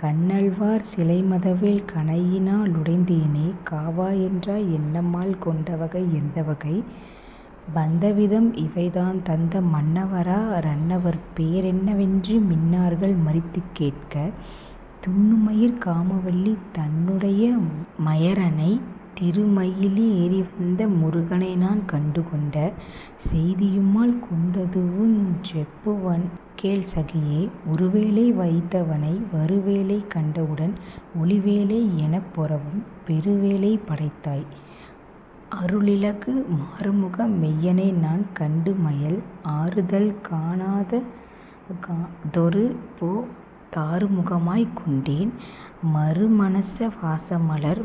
கன்னல்வார் சிலைமதவேள் கணையினா லுடைந்தேனே காவா யென்றாய் என்னமால் கொண்டவகை யெந்தவகை வந்தவிதம் இவைதாந் தந்த மன்னவரா ரன்னவர்பே ரென்னவென்று மின்னார்கள் மறித்துக் கேட்கத்। துன்னுமயிற் காமவல்லி தன்னுடைய மையறனைச் திருமயிலி லேறிவந்த முருகனைநான் கண்டுகொண்ட செய்தியுமால் கொண்டதுவுஞ் செப்புவன்கேள் சகியே ஒருவேலை வைத்தவனை வருவேலை கண்டவுடன் ஒலிவேலை யெனப்பொரவும் பெருவேலை படைத்தாய் அறுளிலகு மாறுமுக மெய்யனைநான் கண்டுமயல் ஆறுதல்கா ணாதொருபோ தாறுமுகமாய்க் கொண்டேன் மருமனச வாசமலர்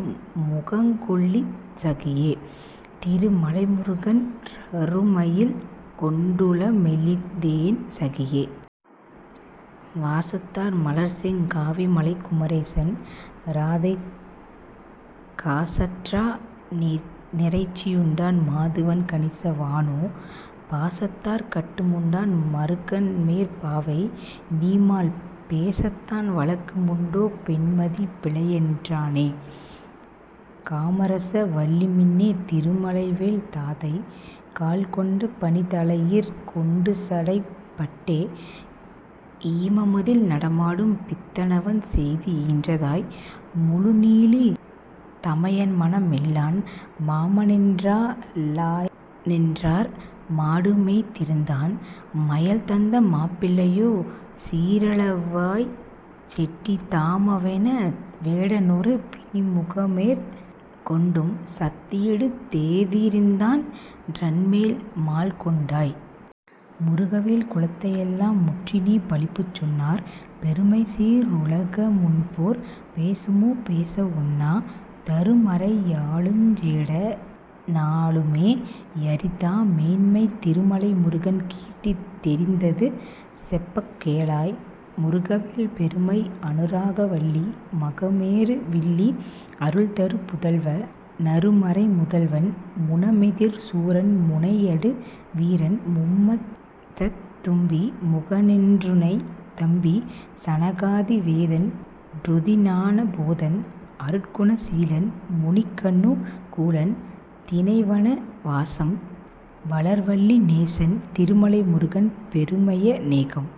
முகங்கொள்சகி யேதிரு மலைமுருகன் றருமயல்கொண் டுளமெலிந்தேன் சகியே..... வாசத்தார் மலர்ச்செங் காவி மலைக்குமரேசன் றாதை காசற்றா னிறைச்சி யுண்டான் மாதுவன் கணிச வானோ பாசத்தாற் கட்டு முண்டான் மருகன்மேற் பாவை நீமால் பேசத்தான் வழக்கு முண்டோ பெண்மதி பிழையென்றானே..... காமரச வல்லிமின்னே திருமலைவேள் தாதை கால்கொண்ட பணிதலையிற் கொண்டுசடைப் பட்டே ஈமமதில் நடமாடு பித்தனவன் செய்தி ஈன்றதாய் முழுநீலி தமயன்மண மில்லான் மாமனென்றா லாயனென்றார் மாடுமேய்த் திருந்தான் மையல்தந்த மாப்பிள்ளையோ சீரலைவாய்ச் செட்டி தாமவன வேடனுறு பிணிமுகமேற் கொண்டும் சத்தியெடுத் தேதிரிந்தான் றன்மேல் மால்கொண்டாய்..... முருகவேள் குலத்தையெல்லா முற்றிநீ பழிப்புச் சொன்னாற் பெருமைசே ருலக முன்போற் பேசுமோ பேச வொண்ணா தருமறை யாலுஞ் சேட னாலுமே யரிதா மேன்மைத் திருமலை முருகன் கீர்த்தி தெரிந்தது செப்பக் கேளாய்..... முருகவேள் பெருமை அனுராக வல்லி மகமேரு வில்லி அருள்தரு புதல்வ னருமறை முதல்வன் முனமெதிர் சூரன் முனையடு வீரன் மும்மதத் தும்பி முகன்றுணைத் தம்பி சனகாதி வேதன் றுதிஞான போதன் அருட்குண சீலன் முனிக்கனு கூலன் தினைவன வாசம் வளர்வல்லி நேசன் திருமலை முருகன் பெருமைய நேகம்.....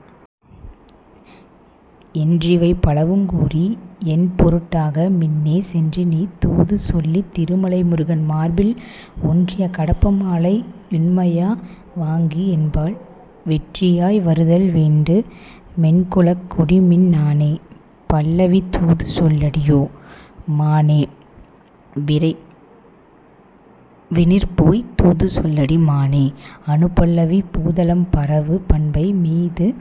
என்றிவை பலவுங் கூறி யென்பொருட் டாக மின்னே சென்றுநீ தூதுசொல்லித் திருமலை முருகன் மார்பில் ஒன்றிய கடப்ப மாலை யுண்மையா வாங்கி யென்பால் வென்றியாய் வருதல்வேண்டு மென்குலக் கொடிமின் னானே..... பல்லவி தூதுசொல் லடியோ மானே விரைவினிற்போய்த் தூது சொல்லடி மானே அநுபல்லவி பூதலம் பரவு பண்பை மீதுகந்த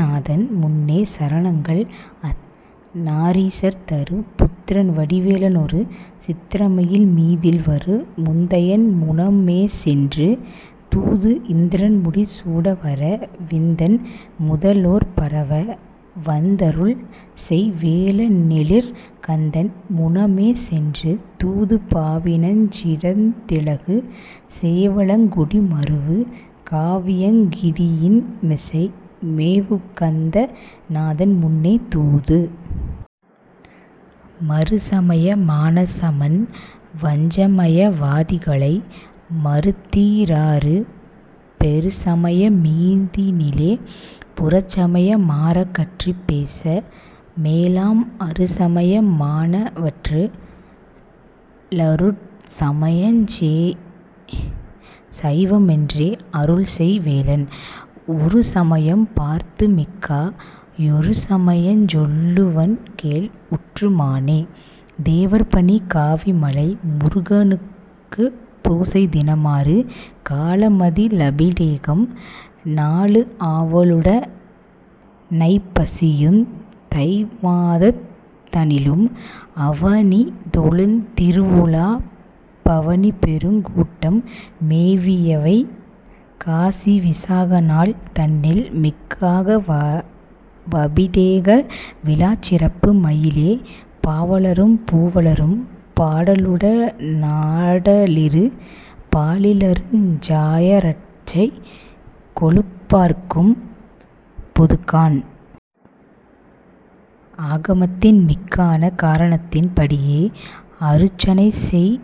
நாதன்முன்னே சரணங்கள் அத்தநா ரீசர்தரு புத்ரன்வடி வேலனொரு சித்ரமயில் மீதில்வரு முத்தையன் முனமேசென்று தூது இந்த்ரன்முடி சூடவர விந்தன் முத லோற்பரவ வந்தருள் செய் வேலனெழிற் கந்தன் முனமேசென்று தூது பாவினஞ் சிறந்திலகு சேவலங் கொடிமருவு காவியங் கிரியின்மிசை மேவுகந்த நாதன்முன்னே தூது.... மறுசமய மானசமண் வஞ்சமய வாதிகளை மறுத்தீ ராறு பெறுசமய மீதினிலே புறச்சமய மாறகற்றிப் பேச மேலாம் அறுசமய மானவற்று ளருட் சமயஞ் சைவமென்றே அருள்செய் வேலன் உறுசமயம் பார்த்துமிக்கா யொருசமயஞ் சொல்லுவன்கேள் உற்று மானே..... தேவர்பணி காவிமலை முருகனுக்குப் பூசை தினமாறு காலமதி லபிடேகம் நாலு ஆவலுட னைப்பசியுந் தைமாதந் தனிலும் அவனிதொழுந் திருவுலாப் பவனிபெருங் கூட்டம் மேவியவை காசி விசாகநாள் தன்னில் மிக்காக வபிடேக விழாச்சிறப்பு மயிலே பாவலரும் பூவலரும் பாடலுட னாடலிரு பாலிலருஞ் சாயரட்சை கொலுப்பார்க்கும் பொதுக்காண்.... ஆகமத்தின் மிக்கான காரணத்தின் படியே அருச்சனைசெய்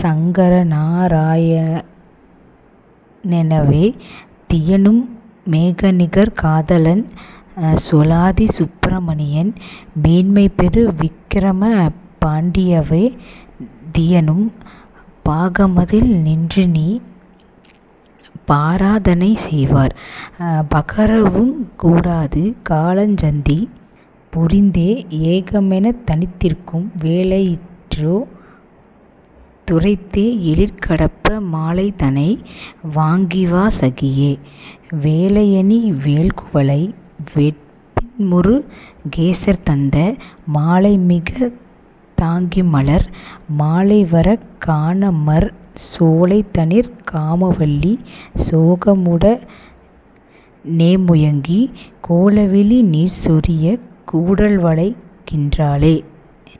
சங்கரநா ராயணெனவே தியனும் மேகநிகர் காதலன்சொ லாதிசுப்பி ரமணியன் மேன்மைபெறு விக்கிரம பாண்டியவே தியனும் பாகமதில் நின்றுநீ பாராதனை செய்வார் பகரவுங் கூடாது காலசந்தி புரிந்தே ஏகமெனத் தனித்திருக்கும் வேளையிற்றூ துரைத்தே எழிற்கடப்ப மாலைதனை வாங்கிவா சகியே..... வேலையணி வேள்குவளை வெற்பின்முரு கேசர்தந்த மாலைமிகத் தாங்கிமலர் மாலைவரக் காணாமற் சோலைதனிற் காமவல்லி சோகமுட னேமுயங்கிக் கோலவிழி நீர்சொரியக் கூடல்வளைக் கின்றாளே.....